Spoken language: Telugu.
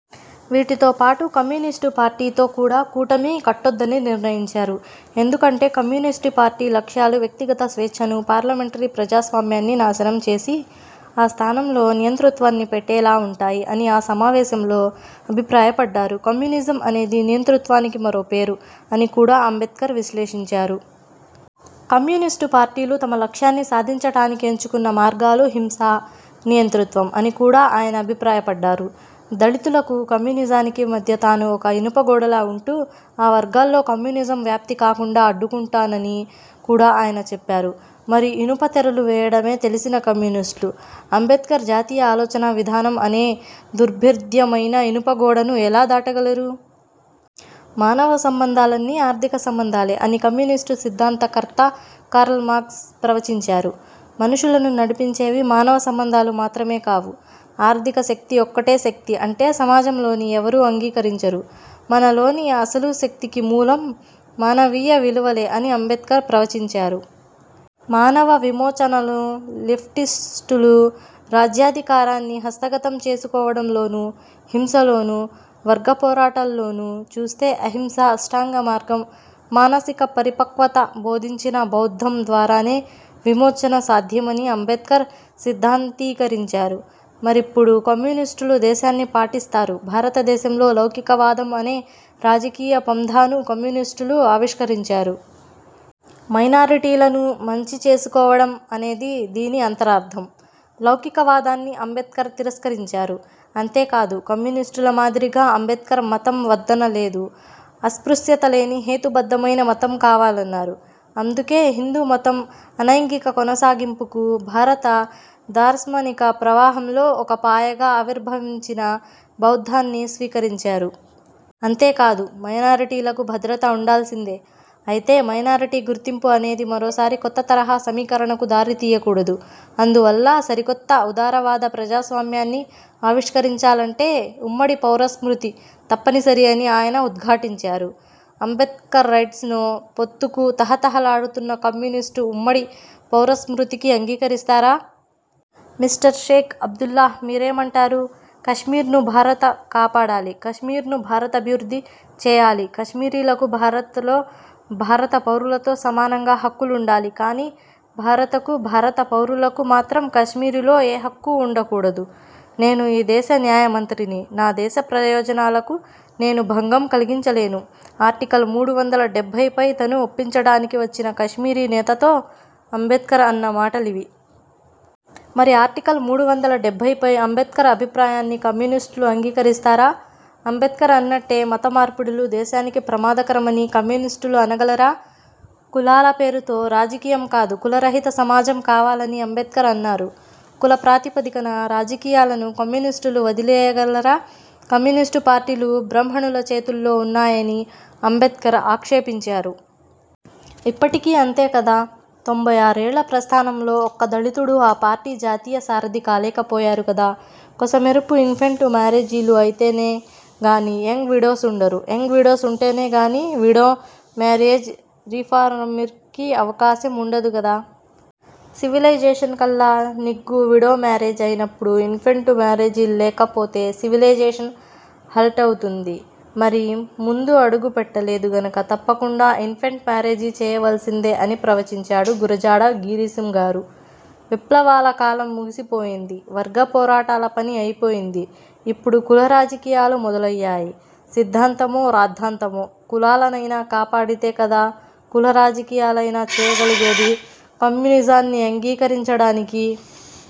వీటితో పాటు కమ్యూనిస్టు పార్టీతో కూడా కూటమి కట్టొద్దని నిర్ణయించారు. ఎందుకంటే, కమ్యూనిస్టు పార్టీ లక్ష్యాలు వ్యక్తిగత స్వేచ్ఛను, పార్లమెంటరీ ప్రజాస్వామ్యాన్ని నాశనం చేసి, ఆ స్థానంలో నియంతృత్వాన్ని పెట్టేలా ఉంటాయి అని ఆ సమావేశంలో అభిప్రాయ పడ్డారు. కమ్యూనిజం అనేది నియంతృత్వానికి మరో పేరు అని కూడా అంబేడ్కర్ విశ్లేషించారు. కమ్యూనిస్టు పార్టీలు తమ లక్ష్యాన్ని సాధించడానికి ఎంచుకున్న మార్గాలు హింస, నియతృత్వం అని కూడా ఆయన అభిప్రాయ పడ్డారు దళితులకు కమ్యూనిజానికి మధ్య తాను ఒక ఇనుప గోడలా ఉంటూ, ఆ వర్గాల్లో కమ్యూనిజం వ్యాప్తి కాకుండా అడ్డుకుంటానని కూడా ఆయన చెప్పారు. మరి ఇనుప తెరలు వేయడమే తెలిసిన కమ్యూనిస్టులు, అంబేడ్కర్ జాతీయ ఆలోచనా విధానం అనే దుర్భేద్యమైన ఇనుప గోడను ఎలా దాటగలరు? మానవ సంబంధాలన్నీ ఆర్థిక సంబంధాలే అని కమ్యూనిస్టు సిద్ధాంత కర్త కారల్మార్క్స్ ప్రవచించారు. మనుషులను నడిపించేవి మానవ సంబంధాలు మాత్రమే కావు ఆర్థిక శక్తి ఒక్కటే శక్తి అంటే సమాజంలోని ఎవరూ అంగీకరించరు. మనలోని అసలు శక్తికి మూలం మానవీయ విలువలే అని అంబేడ్కర్ ప్రవచించారు. మానవ విమోచనను లెఫ్టిస్టులు రాజ్యాధికారాన్ని హస్తగతం చేసుకోవడంలోనూ, హింస లోనూ, వర్గ పోరాటాల్లోనూ చూస్తే, అహింస, అష్టాంగ మార్గం, మానసిక పరిపక్వత బోధించిన బౌద్ధం ద్వారానే విమోచన సాధ్యమని అంబేడ్కర్ సిద్ధాంతీకరించారు. మరిప్పుడు కమ్యూనిస్టులు దేశన్ని పాటిస్తారు? భారత దేశంలో లౌకికవాదం అనే రాజకీయ పంథాను కమ్యూనిస్టులు ఆవిష్కరించారు. మైనారిటీలను మంచి చేసుకోవడం అనేది దీని అంతరార్థం. లౌకిక వాదాన్ని అంబేడ్కర్ తిరస్కరించారు. అంతేకాదు కమ్యూనిస్టుల మాదిరిగా అంబేడ్కర్ మతం వద్దన లేదు. అస్పృశ్యత లేని హేతు బద్ధమైన మతం కావాలన్నారు. అందుకే హిందూ మతం అనైంగిక కొనసాగింపునకు, భారత దార్శనిక ప్రవాహంలో ఒక పాయగా ఆవిర్భవించిన బౌద్ధాన్ని స్వీకరించారు. అంతేకాదు మైనారిటీలకు భద్రత ఉండాల్సిందే. అయితే మైనారిటీ గుర్తింపు అనేది మరోసారి కొత్త తరహా సమీకరణకు దారి తీయకూడదు. అందువల్ల సరికొత్త, ఉదారవాద ప్రజాస్వామ్యాన్ని ఆవిష్కరించాలంటే ఉమ్మడి పౌరస్మృతి తప్పనిసరి అని ఆయన ఉద్ఘాటించారు. అంబేడ్కరైట్స్తో పొత్తుకు తహతహ లాడుతున్న కమ్యూనిస్టులు ఉమ్మడి పౌరస్మృతికి అంగీకరిస్తారా? మిస్టర్ షేక్ అబ్దుల్లా మీరేమంటరు? కశ్మీర్ను భారత కాపాడాలి. కశ్మీర్ను భారత అభివృద్ధి చేయాలి. కశ్మీరీలకు భారతలో భారత పౌరులతో సమానంగా హక్కులుండాలి. కానీ భారతకు, భారత పౌరులకు మాత్రం కశ్మీరులో ఏ హక్కూ ఉండ కూడదు. నేను ఈ దేశ న్యాయ మంత్రిని. నా దేశ ప్రయోజనాలకు నేను భంగం కలిగించలేను ఆర్టికల్ మూడు వందల డెబ్బైపై తనను ఒప్పించడానికి వచ్చిన కశ్మీరీ నేతతో అంబేడ్కర్ అన్న మాటలవి. మరి ఆర్టికల్ మూడు వందల డెబ్బైపై అంబేడ్కర్ అభిప్రాయాన్ని కమ్యూనిస్టులు అంగీకరిస్తారా? అంబేడ్కర్ అన్నట్టే, మత మార్పిడులు దేశానికి ప్రమాదకరమని కమ్యూనిస్టులు అనగలరా? కులాల పేరుతో రాజకీయం కాదు కులరహిత సమాజం కావాలని అంబేడ్కర్ అన్నారు. కుల ప్రాతిపదికన రాజకీయాలను కమ్యూనిస్టులు వదిలేయగలరా? కమ్యూనిస్టు పార్టీలు బ్రాహ్మణుల చేతుల్లో ఉన్నాయని అంబేడ్కర్ ఆక్షేపించారు. ఇప్పటికీ అంతే కదా! తొంభై ఆరు ఏళ్ల ప్రస్థానంలో ఒక్క దళితుడూ ఆ పార్టీ జాతీయ సారథి కాలేక పోయారు కదా! కొసమెరుపు ఇన్ఫెంటు మారేజీలు అయితేనే గాని యంగ్ విడోస్ వుండరు. యంగ్ విడోస్ ఉంటేనే గాని, విడో మారియేజ్ రిఫారమ్కి అవకాశం ఉండదు గదా? సివిలిజేషన్కల్లా నిగ్గు విడోమారియేజ్ అయినప్పుడు. ఇన్ఫెంటు మారేజీల్లేకపోతే, సివిలిజేషన్ హాల్టవుతుంది? మరి ముందు అడుగు పెట్టలేదు. గనక తప్పకుండా ఇన్ఫెంట్ మారేజీ చేయవలసిందే అని ప్రవచించాడు గురజాడ గిరీశంగారు! విప్లవాల కాలం ముగిసిపోయింది. వర్గ పోరాటాల పని అయిపోయింది. ఇప్పుడు కుల రాజకీయాలు మొదలయ్యాయి. సిద్ధాంతమో రాద్ధాంతమో! కులాల నైనా కాపాడితే కదా కుల రాజకీయాలైనా చేయగలిగేది! కమ్యూనిజాన్ని అంగీకరించడానికి